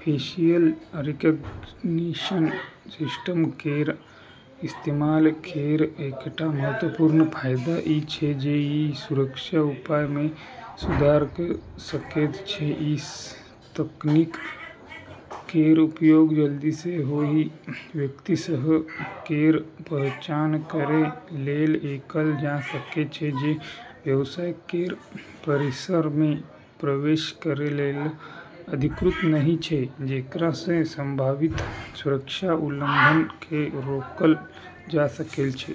Facial recognition system केर इस्तेमाल केर एकटा महत्वपूर्ण फायदा ई छै जे ई सुरक्षा उपाय मे सुधार कऽ सकैत छै। ई तकनीक केर उपयोग जल्दी सँ ओहि व्यक्ति सभ केर पहचान करै लेल कएल जा सकैत छै जे व्यवसाय केर परिसर मे प्रवेश करै लेल अधिकृत नहि छै, जेकरा सँ संभावित सुरक्षा उल्लंघन केँ रोकल जा सकैत छै।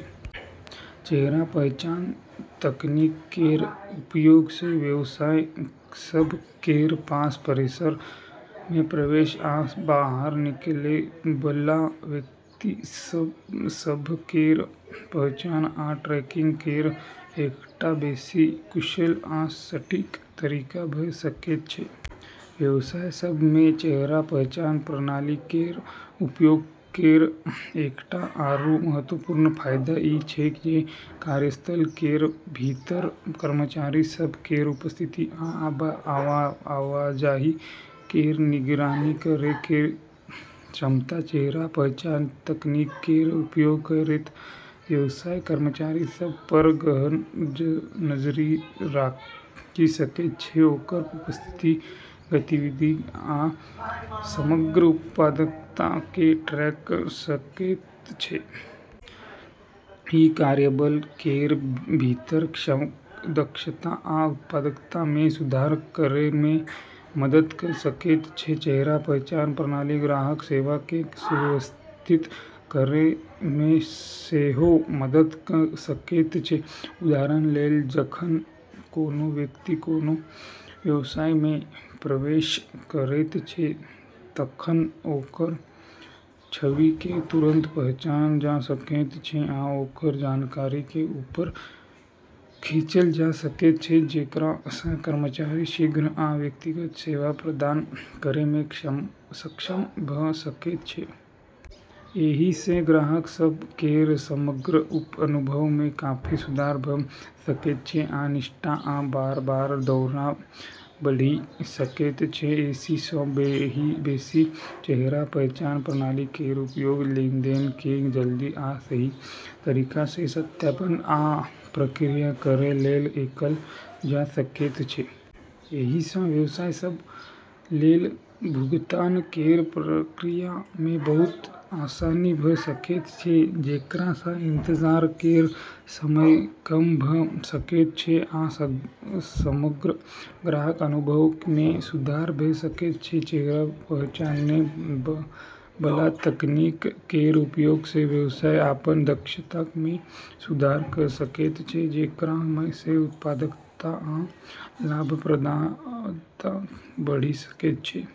चेहरा पहचान तकनीक केर उपयोग सँ व्यवसाय सभ केर पास परिसर मे प्रवेश आ बाहर निकलै बला व्यक्ति सभ केर पहचान आ ट्रैकिंग केर एकटा बेसी कुशल आ सटीक तरीका भऽ सकैत छै। व्यवसाय सभ मे चेहरा पहचान प्रणाली केर उपयोग केर एकटा आरू महत्वपूर्ण फायदा ई छै जे कार्यस्थल केर भीतर कर्मचारी सभ केर उपस्थिति आ आवाजाही केर निगरानी करै केर क्षमता। चेहरा पहचान तकनीक केर उपयोग करैत, व्यवसाय कर्मचारी सभ पर गहन नजरि राखि सकैत छै, ओकर उपस्थिति, गतिविधि आ समग्र उत्पादकता केँ ट्रैक कऽ सकैत छै। ई कार्यबल केर भीतर दक्षता आ उत्पादकता मे सुधार करै मे मदद कऽ सकैत छै। चेहरा पहचान प्रणाली ग्राहक सेवा केँ सुव्यवस्थित करै मे सेहो मदद कऽ सकैत छै। उदाहरण लेल, जखन कोनो व्यक्ति कोनो व्यवसाय मे प्रवेश करैत छै, तखन ओकर छवि केँ तुरंत पहचानल जा सकैत छै आ ओकर जानकारी केँ ऊपर खींचल जा सकैत छै, जेकरा सँ कर्मचारी शीघ्र आ व्यक्तिगत सेवा प्रदान करै मे सक्षम भऽ सकैत छै। एहि सँ ग्राहक सभ केर समग्र अनुभव मे काफी सुधार भऽ सकैत छै आ निष्ठा आ बार-बार दौरा बढ़ि सकैत छै। एहि सँ बेसी, चेहरा पहचान प्रणाली केर उपयोग लेनदेन केँ जल्दी आ सही तरीका सँ सत्यापन आ प्रक्रिया करै लेल कएल जा सकैत छै। एहि सँ व्यवसाय सभ लेल भुगतान केर प्रक्रिया मे बहुत आसानी भऽ सकैत छै, जेकरा सँ इंतजार केर समय कम भऽ सकैत छै आ समग्र ग्राहक अनुभव मे सुधार भऽ सकैत छै। चेहरा पहचानै बला तकनीक केर उपयोग सँ व्यवसाय अपन दक्षता मे सुधार कऽ सकैत छै, जेकरा सँ उत्पादकता आ लाभप्रदता बढ़ि सकैत छै।